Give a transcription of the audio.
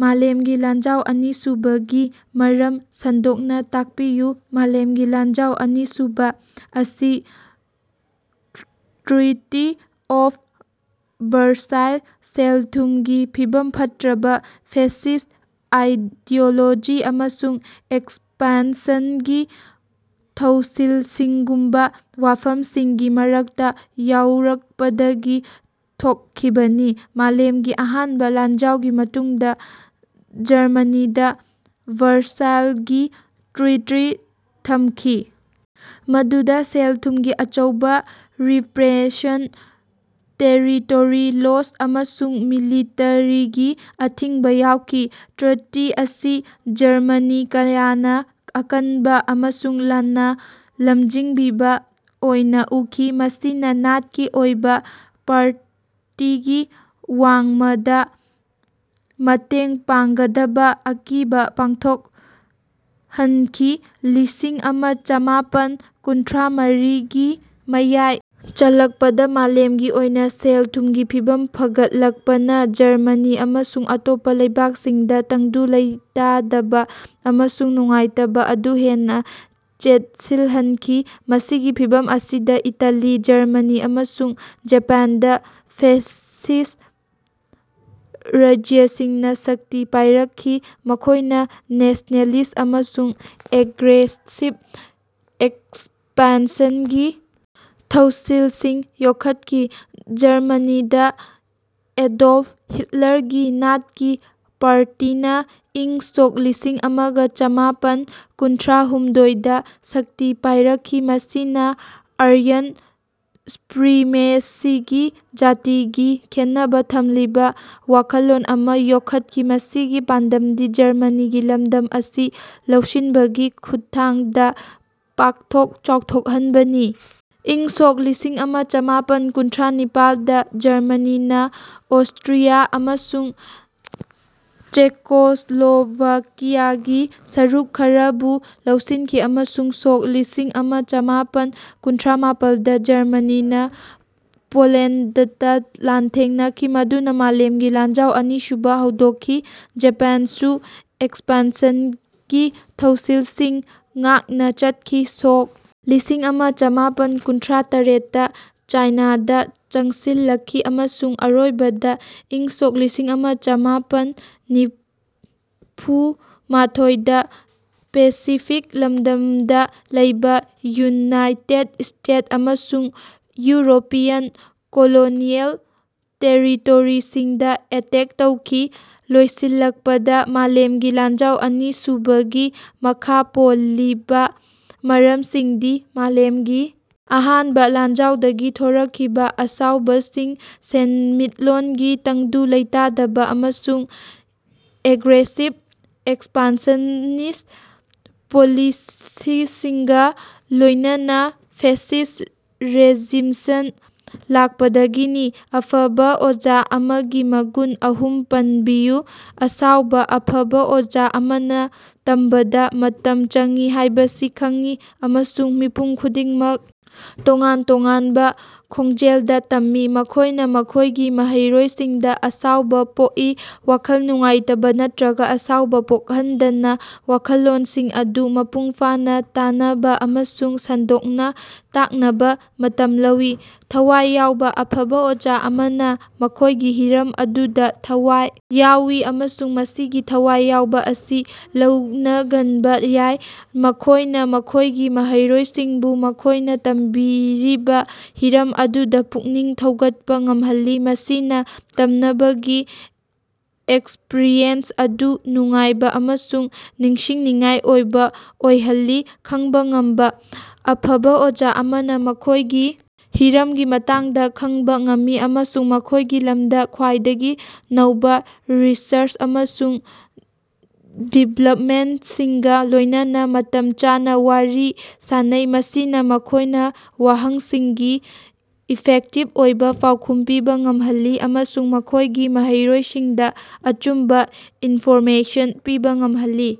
ꯃꯥꯂꯦꯝꯒꯤ ꯂꯥꯟꯖꯥꯎ ꯑꯅꯤꯁꯨꯕꯒꯤ ꯃꯔꯝ ꯁꯟꯗꯣꯛꯅꯥ ꯇꯥꯛꯄꯤꯌꯨ꯫ ꯃꯥꯂꯦꯝꯒꯤ ꯂꯥꯟꯖꯥꯎ ꯑꯅꯤꯁꯨꯕꯥ ꯑꯁꯤ ꯇ꯭ꯔꯤꯇꯤ ꯑꯣꯐ ꯕꯔꯁꯥꯏꯜ, ꯁꯦꯜ-ꯊꯨꯝꯒꯤ ꯐꯤꯕꯝ ꯐꯠꯇ꯭ꯔꯕ, ꯐꯦꯁꯤꯁ ꯑꯥꯏꯗꯤꯑꯣꯂꯣꯖꯤ ꯑꯃꯁꯨꯡ ꯑꯦꯛꯁꯄꯥꯟꯁꯟꯒꯤ ꯊꯧꯁꯤꯜꯁꯤꯡꯒꯨꯝꯕꯥ ꯋꯥꯐꯝꯁꯤꯡꯒꯤ ꯃꯔꯛꯇꯥ ꯌꯥꯎꯔꯛꯄꯗꯒꯤ ꯊꯣꯛꯈꯤꯕꯅꯤ꯫ ꯃꯥꯂꯦꯝꯒꯤ ꯑꯍꯥꯟꯕ ꯂꯥꯟꯖꯥꯎꯒꯤ ꯃꯇꯨꯡꯗꯥ ꯖꯔꯃꯅꯤꯗꯥ ꯕꯔꯁꯥꯏꯜꯒꯤ ꯇ꯭ꯔꯤꯇꯤ ꯊꯝꯈꯤ, ꯃꯗꯨꯗꯥ ꯁꯦꯜ-ꯊꯨꯝꯒꯤ ꯑꯆꯧꯕ ꯔꯤꯄ꯭ꯔꯦꯁꯟ, ꯇꯦꯔꯤꯇꯣꯔꯤ ꯂꯣꯁ ꯑꯃꯁꯨꯡ ꯃꯤꯂꯤꯇꯔꯤꯒꯤ ꯑꯊꯤꯡꯕ ꯌꯥꯎꯈꯤ꯫ ꯇ꯭ꯔꯤꯇꯤ ꯑꯁꯤ ꯖꯔꯃꯅꯤ ꯀꯌꯥꯅꯥ ꯑꯀꯟꯕꯥ ꯑꯃꯁꯨꯡ ꯂꯥꯟꯅꯥ ꯂꯝꯖꯤꯡꯕꯤꯕꯥ ꯑꯣꯏꯅꯥ ꯎꯈꯤ, ꯃꯁꯤꯅꯥ ꯅꯥꯠꯀꯤ ꯑꯣꯏꯕꯥ ꯄꯥꯔꯇꯤꯒꯤ ꯋꯥꯡꯃꯗꯥ ꯃꯇꯦꯡ ꯄꯥꯡꯒꯗꯕꯥ ꯑꯀꯤꯕꯥ ꯄꯣꯛꯍꯟꯈꯤ꯫ꯂꯤꯁꯤꯡ ꯑꯃꯥ ꯆꯥꯃꯥꯄꯟ ꯀꯨꯟꯊ꯭ꯔꯥꯒꯤ ꯃꯌꯥꯏ ꯆꯜꯂꯛꯄꯗꯥ ꯃꯥꯂꯦꯝꯒꯤ ꯑꯣꯏꯅꯥ ꯁꯦꯜ-ꯊꯨꯝꯒꯤ ꯐꯤꯚꯝ ꯐꯒꯠꯂꯛꯄꯅꯥ ꯖꯔꯃꯅꯤ ꯑꯃꯁꯨꯡ ꯑꯇꯣꯞꯄꯥ ꯂꯩꯕꯥꯛꯁꯤꯡꯗꯥ ꯇꯪꯗꯨ ꯂꯩꯇꯥꯗꯕꯥ ꯑꯃꯁꯨꯡ ꯅꯨꯡꯉꯥꯏꯇꯕꯥ ꯑꯗꯨ ꯍꯦꯟꯅꯥ ꯆꯦꯠꯁꯤꯜꯍꯟꯈꯤ꯫ ꯃꯁꯤꯒꯤ ꯐꯤꯚꯝ ꯑꯁꯤꯗꯥ ꯏꯇꯥꯂꯤ, ꯖꯔꯃꯅꯤ ꯑꯃꯁꯨꯡ ꯖꯄꯥꯟꯗ ꯐꯦꯁꯤꯁ ꯔꯥꯖ꯭ꯌꯁꯤꯡꯅꯥ ꯁꯛꯇꯤ ꯄꯥꯏꯔꯛꯈꯤ, ꯃꯈꯣꯏꯅ ꯅꯦꯁꯅꯦꯂꯤꯁ ꯑꯃꯁꯨꯡ ꯑꯦꯒ꯭ꯔꯦꯁꯤꯞ ꯑꯦꯛꯁꯄꯥꯟꯁꯟꯒꯤ ꯊꯧꯁꯤꯜꯁꯤꯡ ꯌꯣꯛꯈꯠꯈꯤ꯫ ꯖꯔꯃꯅꯤꯗꯥ ꯑꯦꯗꯣꯜꯐ ꯍꯤꯠꯂꯔꯒꯤ ꯅꯥꯠꯀꯤ ꯄꯥꯔꯇꯤꯅꯥ ꯏꯪ ꯁꯣꯛ ꯂꯤꯁꯤꯡ ꯑꯃꯒꯥ ꯆꯃꯥꯄꯟ ꯀꯨꯟꯊ꯭ꯔꯥꯍꯨꯝꯗꯣꯏꯗꯥ ꯁꯛꯇꯤ ꯄꯥꯏꯔꯛꯈꯤ, ꯃꯁꯤꯅꯥ ꯑꯥꯔꯌꯟ ꯁꯨꯄ꯭ꯔꯤꯃꯦꯁꯤꯒꯤ ꯖꯥꯇꯤꯒꯤ ꯈꯦꯟꯅꯕꯥ ꯊꯝꯂꯤꯕꯥ ꯋꯥꯈꯜꯂꯣꯟ ꯑꯃꯥ ꯌꯣꯛꯈꯠꯈꯤ, ꯃꯁꯤꯒꯤ ꯄꯥꯟꯗꯝꯗꯤ ꯖꯔꯃꯅꯤꯒꯤ ꯂꯝꯗꯝ ꯑꯁꯤ ꯂꯧꯁꯤꯟꯕꯒꯤ ꯈꯨꯠꯊꯥꯡꯗꯥ ꯄꯥꯛꯊꯣꯛ ꯆꯥꯎꯊꯣꯛꯍꯟꯕꯅꯤ꯫ ꯏꯪ ꯁꯣꯛ ꯂꯤꯁꯤꯡ ꯑꯃꯥ ꯆꯃꯥꯄꯟ ꯀꯨꯟꯊ꯭ꯔꯥꯅꯤꯄꯥꯜꯗꯥ ꯖꯔꯃꯅꯤꯅꯥ ꯑꯣꯁꯇ꯭ꯔꯤꯌꯥ ꯑꯃꯁꯨꯡ ꯆꯦꯀꯣꯁ꯭ꯂꯣꯚꯥꯀꯤꯌꯥꯒꯤ ꯁꯔꯨꯛ ꯈꯔꯕꯨ ꯂꯧꯁꯤꯟꯈꯤ ꯑꯃꯁꯨꯡ ꯁꯣꯛ ꯂꯤꯁꯤꯡ ꯑꯃꯥ ꯆꯃꯥꯄꯟ ꯀꯨꯟꯊ꯭ꯔꯥꯃꯄꯜꯗꯥ ꯖꯔꯃꯅꯤꯅꯥ ꯄꯣꯂꯦꯟꯗꯇꯥ ꯂꯥꯟꯊꯦꯡꯅꯈꯤ, ꯃꯗꯨꯅꯥ ꯃꯥꯂꯦꯝꯒꯤ ꯂꯥꯟꯖꯥꯎ ꯑꯅꯤꯁꯨꯕꯥ ꯍꯧꯗꯣꯛꯈꯤ꯫ ꯖꯄꯥꯟꯁꯨ ꯑꯦꯛꯁꯄꯥꯟꯁꯟꯒꯤ ꯊꯧꯁꯤꯜꯁꯤꯡ ꯉꯥꯛꯅꯥ ꯆꯠꯈꯤ, ꯁꯣꯛ ꯂꯤꯁꯤꯡ ꯑꯃꯥ ꯆꯃꯥꯄꯟ ꯀꯨꯟꯊ꯭ꯔꯥꯇꯔꯦꯠꯇꯥ ꯆꯥꯏꯅꯥꯗꯥ ꯆꯪꯁꯤꯜꯂꯛꯈꯤ ꯑꯃꯁꯨꯡ ꯑꯔꯣꯏꯕꯗꯥ ꯏꯪ ꯁꯣꯛ ꯂꯤꯁꯤꯡ ꯑꯃꯥ ꯆꯃꯥꯄꯟ ꯅꯤꯐꯨꯃꯊꯣꯏꯗꯥ ꯄꯦꯁꯤꯐꯤꯛ ꯂꯝꯗꯝꯗꯥ ꯂꯩꯕꯥ ꯌꯨꯅꯥꯏꯇꯦꯠ ꯁ꯭ꯇꯦꯠꯁ ꯑꯃꯁꯨꯡ ꯌꯨꯔꯣꯄꯤꯌꯟ ꯀꯣꯂꯣꯅꯤꯑꯦꯜ ꯇꯦꯔꯤꯇꯣꯔꯤꯁꯤꯡꯗꯥ ꯑꯦꯇꯦꯛ ꯇꯧꯈꯤ, ꯂꯣꯏꯁꯤꯜꯂꯛꯄꯗꯥ, ꯃꯥꯂꯦꯝꯒꯤ ꯂꯥꯟꯖꯥꯎ ꯑꯅꯤꯁꯨꯕꯒꯤ ꯃꯈꯥ ꯄꯣꯜꯂꯤꯕꯥ ꯃꯔꯝꯁꯤꯡꯗꯤ ꯃꯥꯂꯦꯝꯒꯤ ꯑꯍꯥꯟꯕ ꯂꯥꯟꯖꯥꯎꯗꯒꯤ ꯊꯣꯔꯛꯈꯤꯕ ꯑꯁꯥꯎꯕꯁꯤꯡ, ꯁꯦꯟꯃꯤꯠꯂꯣꯟꯒꯤ ꯇꯪꯗꯨ ꯂꯩꯇꯥꯗꯕ ꯑꯃꯁꯨꯡ ꯑꯦꯒ꯭ꯔꯦꯁꯤꯕ ꯑꯦꯛꯁꯄꯥꯟꯁꯅꯤꯁ ꯄꯣꯂꯤꯁꯤꯁꯤꯡꯒꯥ ꯂꯣꯏꯅꯅꯥ ꯐꯦꯁꯤꯁ ꯔꯦꯖꯤꯝꯁꯤꯡ ꯂꯥꯛꯄꯥꯗꯒꯤꯅꯤ꯫ ꯑꯐꯕꯥ ꯑꯣꯖꯥ ꯑꯃꯒꯤ ꯃꯒꯨꯟ ꯑꯍꯨꯝ ꯄꯟꯕꯤꯌꯨ꯫ ꯑꯁꯥꯎꯕꯥ: ꯑꯐꯕꯥ ꯑꯣꯖꯥ ꯑꯃꯅꯥ ꯇꯝꯕꯗꯥ ꯃꯇꯝ ꯆꯪꯏ ꯍꯥꯏꯕꯁꯤ ꯈꯪꯏ ꯑꯃꯁꯨꯡ ꯃꯤꯄꯨꯝ ꯈꯨꯗꯤꯡꯃꯛ ꯇꯣꯉꯥꯟ ꯇꯣꯉꯥꯟꯕ ꯈꯣꯡꯖꯦꯜꯗꯥ ꯇꯝꯃꯤ꯫ ꯃꯈꯣꯏꯅꯥ ꯃꯈꯣꯏꯒꯤ ꯃꯍꯩꯔꯣꯏꯁꯤꯡꯗꯥ ꯑꯁꯥꯎꯕ ꯄꯣꯛꯏ, ꯋꯥꯈꯜ ꯅꯨꯡꯉꯥꯏꯇꯕꯥ ꯅꯠꯇ꯭ꯔꯒꯥ ꯑꯁꯥꯎꯕ ꯄꯣꯛꯍꯟꯗꯅꯥ ꯋꯥꯈꯜꯂꯣꯟꯁꯤꯡ ꯑꯗꯨ ꯃꯄꯨꯡ ꯐꯥꯅꯥ ꯇꯥꯅꯕꯥ ꯑꯃꯁꯨꯡ ꯁꯟꯗꯣꯛꯅꯥ ꯇꯥꯛꯅꯕꯥ ꯃꯇꯝ ꯂꯧꯏ꯫ ꯊꯋꯥꯏ ꯌꯥꯎꯕꯥ: ꯑꯐꯕꯥ ꯑꯣꯖꯥ ꯑꯃꯅꯥ ꯃꯈꯣꯏꯒꯤ ꯍꯤꯔꯝ ꯑꯗꯨꯗꯥ ꯊꯋꯥꯏ ꯌꯥꯎꯏ ꯑꯃꯁꯨꯡ ꯃꯁꯤꯒꯤ ꯊꯋꯥꯏ ꯌꯥꯎꯕꯥ ꯑꯁꯤ ꯂꯧꯅꯒꯟꯕꯥ ꯌꯥꯏ꯫ ꯃꯈꯣꯏꯅꯥ ꯃꯈꯣꯏꯒꯤ ꯃꯍꯩꯔꯣꯏꯁꯤꯡꯕꯨ ꯃꯈꯣꯏꯅꯥ ꯇꯝꯕꯤꯔꯤꯕꯥ ꯍꯤꯔꯝ ꯑꯗꯨꯗꯥ ꯄꯨꯛꯅꯤꯡ ꯊꯧꯒꯠꯄꯥ ꯉꯝꯍꯜꯂꯤ, ꯃꯁꯤꯅꯥ ꯇꯝꯅꯕꯒꯤ ꯑꯦꯛꯁꯄ꯭ꯔꯤꯌꯦꯟꯁ ꯑꯗꯨ ꯅꯨꯡꯉꯥꯏꯕ ꯑꯃꯁꯨꯡ ꯅꯤꯡꯁꯤꯡꯅꯤꯡꯉꯥꯏ ꯑꯣꯏꯕ ꯑꯣꯏꯍꯜꯂꯤ꯫ ꯈꯪꯕꯥ ꯉꯝꯕꯥ: ꯑꯐꯕꯥ ꯑꯣꯖꯥ ꯑꯃꯅꯥ ꯃꯈꯣꯏꯒꯤ ꯍꯤꯔꯝꯒꯤ ꯃꯇꯥꯡꯗꯥ ꯈꯪꯕꯥ ꯉꯝꯃꯤ ꯑꯃꯁꯨꯡ ꯃꯈꯣꯏꯒꯤ ꯂꯝꯗꯥ ꯈ꯭ꯋꯥꯏꯗꯒꯤ ꯅꯧꯕꯥ ꯔꯤꯁꯔꯆ ꯑꯃꯁꯨꯡ ꯗꯤꯕ꯭ꯂꯞꯃꯦꯟꯇꯁꯤꯡꯒꯥ ꯂꯣꯏꯅꯅꯥ ꯃꯇꯝ ꯆꯥꯅꯥ ꯋꯥꯔꯤ ꯁꯥꯅꯩ꯫ ꯃꯁꯤꯅꯥ ꯃꯈꯣꯏꯅꯥ ꯋꯥꯍꯪꯁꯤꯡꯒꯤ ꯏꯐꯦꯛꯇꯤꯕ ꯑꯣꯏꯅꯥ ꯄꯥꯎꯈꯨꯝ ꯄꯤꯕꯥ ꯉꯝꯍꯜꯂꯤ ꯑꯃꯁꯨꯡ ꯃꯈꯣꯏꯒꯤ ꯃꯍꯩꯔꯣꯏꯁꯤꯡꯗꯥ ꯑꯆꯨꯝꯕꯥ ꯏꯟꯐꯣꯔꯃꯦꯁꯟ ꯄꯤꯕꯥ ꯉꯝꯍꯜꯂꯤ꯫